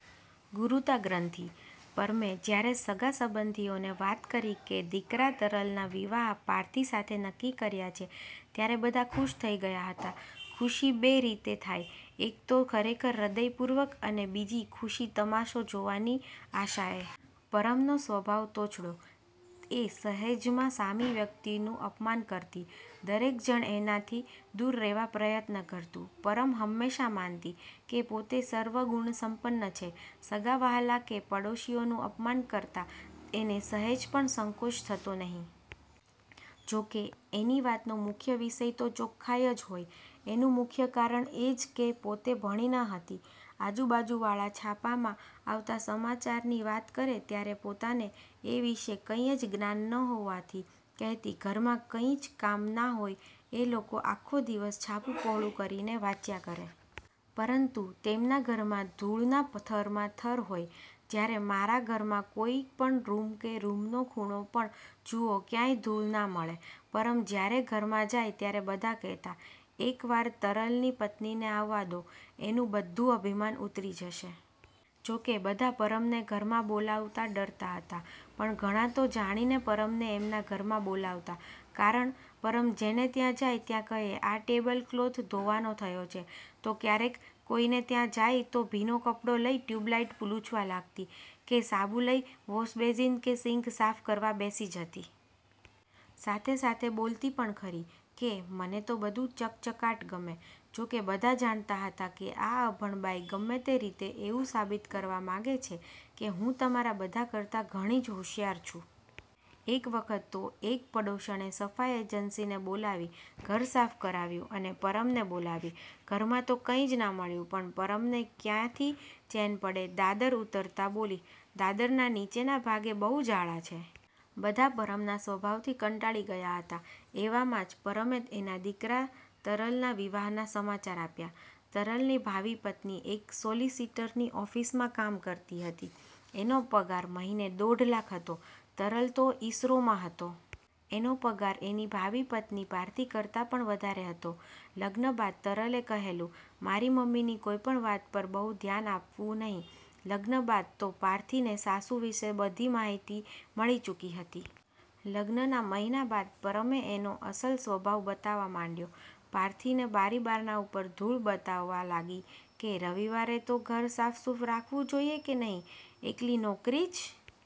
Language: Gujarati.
ગુરૂતાગ્રંથિ: પરમે જયારે સગાસંબંધીઓને વાત કરી કે દીકરા તરલના વિવાહ પાર્થી સાથે નક્કી કર્યા છે, ત્યારે બધા ખુશ થઈ ગયા હતા. ખુશી બે રીતે થાય એક તો ખરેખર હ્દયપૂર્વક અને બીજી ખુશી તમાશો જોવાની આશાએ. પરમનો સ્વભાવ તોછડો. એ સહેજમાં સામી વ્યક્તિનું અપમાન કરતી. દરેક જણ એનાથી દૂર રહેવા પ્રયત્ન કરતું. પરમ હમેશાં માનતી કે પોતે સર્વગુણસંપન્ન છે. સગાવહાલા કે પડોશીઓનું અપમાન કરતાં એને સહેજપણ સંકોચ થતો નહીં. જો કે એની વાતનો મુખ્ય વિષય તો ચોખ્ખાઈ જ હોય. એનું મુખ્ય કારણ એ જ કે પોતે ભણી ન હતી. આજુ-બાજુવાળા છાપામાં આવતાં સમાચારની વાત કરે ત્યારે પોતાને એ વિષે કંઈ જ જ્ઞાન ન હોવાથી કહેતી,"ઘરમાં કંઈ જ કામ ના હોય એ લોકો આખો દિવસ છાપું પહોળું કરીને વાંચ્યા કરે. પરંતુ તેમના ઘરમાં ધૂળના થરના થર હોય. જયારે મારા ઘરનો કોઈ પણ રુમ કે રુમનો ખૂણો પણ જુઓ ક્યાંય ધૂળ ના મળે."પરમ જયારે ઘરમાં જાય ત્યારે બધા કહેતાં, "એકવાર તરલની પત્નીને આવવા દો એનું બધું અભિમાન ઉતરી જશે." જો કે બધા પરમને ઘરમાં બોલાવતાં ડરતાં હતાં, પણ ઘણા તો જાણીને પરમને એમના ઘરમાં બોલાવતાં, કારણ પરમ જેને ત્યાં જાય ત્યાં કહે,"આ ટેબલ કલોથ ધોવાનો થયો છે." તો કયારેક કોઈને ત્યાં જાય તો ભીનો કપડો લઈ ટ્યુબલાઈટ લૂછવા લાગતી, કે સાબુ લઈ વોશબેઝીન કે સિન્ક સાફ કરવા બેસી જતી. સાથે-સાથે બોલતી પણ ખરી કે,"મને તો બધુ ચકચકાટ ગમે." જો કે બધા જાણતાં હતાં કે આ અભણબાઈ ગમે તે રીતે એવું સાબિત કરવા માંગે છે કે હું તમારા બધા કરતાં ઘણી જ હોંશિયાર છું. એકવખત તો એક પડોશણે સફાઈ એજન્સી ને બોલાવી ઘર સાફ કરાવ્યું અને પરમને બોલાવી. ઘરમાં તો કંઈ જ ના મળ્યું, પણ પરમને કયાંથી ચેન પડે? દાદર ઉતરતાં બોલી, "દાદરના નીચેના ભાગે બહુુ જાળાં છે." બધા પરમના સ્વભાવથી કંટાળી ગયા હતાં. એવામાં જ પરમે એના દીકરા તરલના વિવાહ ના સમાચાર આપ્યા. તરલની ભાવી પત્ની એક સોલિસીટરની ઓફિસમાં કામ કરતી હતી, એનો પગાર મહિને દોઢલાખ હતો. તરલ તો ઈસરોમાં હતો. એનો પગાર એની ભાવિ પત્ની પાર્થી કરતાં પણ વધારે હતો. લગ્ન બાદ તરલે કહેલું, "મારી મમ્મીની કોઈ પણ વાત પર બહુ ધ્યાન આપવું નહિ." લગ્ન બાદ તો પાર્થી ને સાસુ વિષે બધી માહિતી મળી ચૂકી હતી. લગ્નના મહિના બાદ પરમે એનો અસલ સ્વભાવ બતાવવા માંડયો. પાર્થીને બારીબારણા ઉપર ધૂળ બતાવવા લાગી કે રવિવારે તો ઘર સાફસુફ રાખવું જોઈએ કે નહિ? એકલી નોકરી જ